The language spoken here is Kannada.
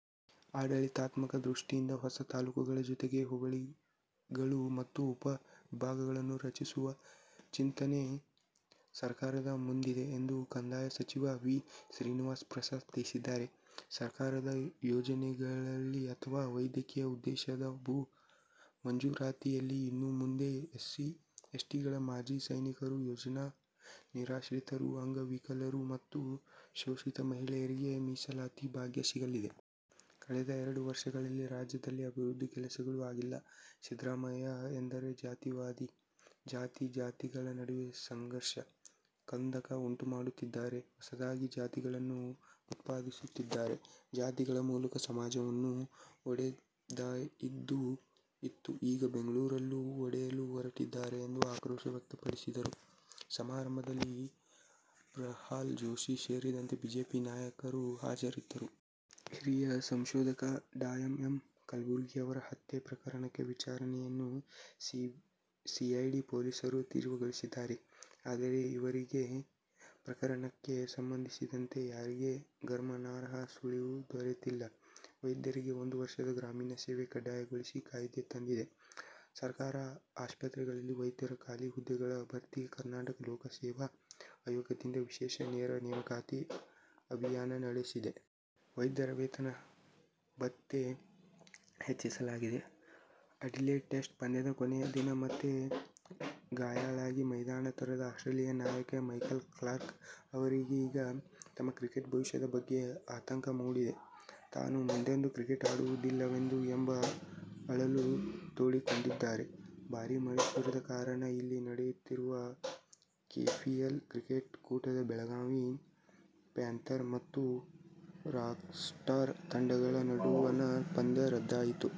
ಆಡಳಿತಾತ್ಮಕ ದೃಷ್ಟಿಯಿಂದ ಹೊಸ ತಾಲೂಕಗಳ ಜೊತೆಗೆ ಹೋಬಳಿಗಳು ಮತ್ತು ಉಪ ವಿಭಾಗಗಳನ್ನು ರಚಿಸುವ ಚಿಂತನೆ ಸರ್ಕಾರದ ಮುಂದಿದೆ ಎಂದು ಕಂದಾಯ ಸಚಿವ ವಿ. ಶ್ರೀನಿವಾಸ ಪ್ರಸಾದ್ ತಿಳಿಸಿದ್ದಾರೆ. ಸರ್ಕಾರದ ಯೋಜನೆಗಳಡಿ ಅಥವಾ ವೈಯಕ್ತಿಕ ಉದ್ದೇಶದ ಭೂ ಮಂಜೂರಾತಿಯಲ್ಲಿ ಇನ್ನು ಮುಂದೆ ಎಸ್ಸಿ, ಎಸ್ಟಿಗಳು, ಮಾಜಿ ಸೈನಿಕರು, ಯೋಜನಾ ನಿರಾಶ್ರಿತರು, ಅಂಗವಿಕಲರು ಮತ್ತು ಶೋಷಿತ ಮಹಿಳೆಯರಿಗೆ "ಮೀಸಲಾತಿ ಭಾಗ್ಯ' ಸಿಗಲಿದೆ. ಕಳೆದ ಎರಡು ವರ್ಷಗಳಲ್ಲಿ ರಾಜ್ಯದಲ್ಲಿ ಅಭಿವೃದ್ಧಿ ಕೆಲಸಗಳು ಆಗಿಲ್ಲ. ಸಿದ್ದರಾಮಯ್ಯ ಎಂದರೆ ಜಾತಿವಾದಿ. ಜಾತಿ ಜಾತಿಗಳ ನಡುವೆ ಸಂಘರ್ಷ, ಕಂದಕ ಉಂಟು ಮಾಡುತ್ತಿದ್ದಾರೆ. ಹೊಸದಾಗಿ ಜಾತಿಗಳನ್ನು ಉತ್ಪಾದಿಸುತ್ತಿದ್ದಾರೆ. ಜಾತಿಗಳ ಮೂಲಕ ಸಮಾಜವನ್ನು ಒಡೆದದ್ದಾಯಿತು. ಈಗ ಬೆಂಗಳೂರನ್ನು ಒಡೆಯಲು ಹೊರಟಿದ್ದಾರೆ ಎಂದು ಆಕ್ರೋಶ ವ್ಯಕ್ತಪಡಿಸಿದರು. ಸಮಾರಂಭದಲ್ಲಿ ಪ್ರಹ್ಲಾದ್ ಜೋಶಿ ಸೇರಿದಂತೆ ಬಿಜೆಪಿ ನಾಯಕರು ಹಾಜರಿದ್ದರು. ಹಿರಿಯ ಸಂಶೋಧಕ ಡಾ ಎಂ. ಎಂ. ಕಲಬುರ್ಗಿ ಅವರ ಹತ್ಯೆ ಪ್ರಕರಣದ ವಿಚಾರಣೆಯನ್ನು ಸಿಐಡಿ ಪೊಲೀಸರು ತೀವ್ರಗೊಳಿಸಿದ್ದಾರೆ. ಆದರೆ, ಈವರೆಗೂ ಪ್ರಕರಣಕ್ಕೆ ಸಂಬಂಧಿಸಿದಂತೆ ಯಾವುದೇ ಗಮನಾರ್ಹ ಸುಳಿವು ದೊರೆತಿಲ್ಲ. ವೈದ್ಯರಿಗೆ ಒಂದು ವರ್ಷದ ಗ್ರಾಮೀಣ ಸೇವೆ ಕಡ್ಡಾಯಗೊಳಿಸಿ ಕಾಯ್ದೆ ತಂದಿದೆ. ಸರ್ಕಾರಿ ಆಸ್ಪತ್ರೆಗಳಲ್ಲಿ ವೈದ್ಯರ ಖಾಲಿ ಹುದ್ದೆಗಳ ಭರ್ತಿಗೆ ಕರ್ನಾಟಕ ಲೋಕಸೇವಾ ಆಯೋಗದಿಂದ ವಿಶೇಷ ನೇರ ನೇಮಕಾತಿ ಅಭಿಯಾನ ನಡೆಸಿದೆ. ವೈದ್ಯರ ವೇತನ-ಭತ್ಯೆ ಹೆಚ್ಚಿಸಲಾಗಿದೆ. ಅಡಿಲೇಡ್ ಟೆಸ್ಟ್ ಪಂದ್ಯದ ಕೊನೆಯ ದಿನ ಮತ್ತೆ ಗಾಯಾಳಾಗಿ ಮೈದಾನ ತೊರೆದ ಆಸ್ಟ್ರೇಲಿಯದ ನಾಯಕ ಮೈಕಲ್ ಕ್ಲಾರ್ಕ್ ಅವರಿಗೀಗ ತಮ್ಮ ಕ್ರಿಕೆಟ್ ಭವಿಷ್ಯದ ಬಗ್ಗೆ ಆತಂಕ ಮೂಡಿದೆ. ತಾನು ಮುಂದೆಂದೂ ಕ್ರಿಕೆಟ್ ಆಡುವುದಿಲ್ಲವೇನೋ ಎಂಬ ಅಳಲು ತೋಡಿಕೊಂಡಿದ್ದಾರೆ. ಭಾರೀ ಮಳೆ ಸುರಿದ ಕಾರಣ ಇಲ್ಲಿ ನಡೆಯುತ್ತಿರುವ ಕೆಪಿಎಲ್ ಕ್ರಿಕೆಟ್ ಕೂಟದ ಬೆಳಗಾವಿ ಪ್ಯಾಂಥರ್ ಮತ್ತು ರಾಕ್ಸ್ಟಾರ್ ತಂಡಗಳ ನಡುವಣ ಪಂದ್ಯ ರದ್ದಾಯಿತು.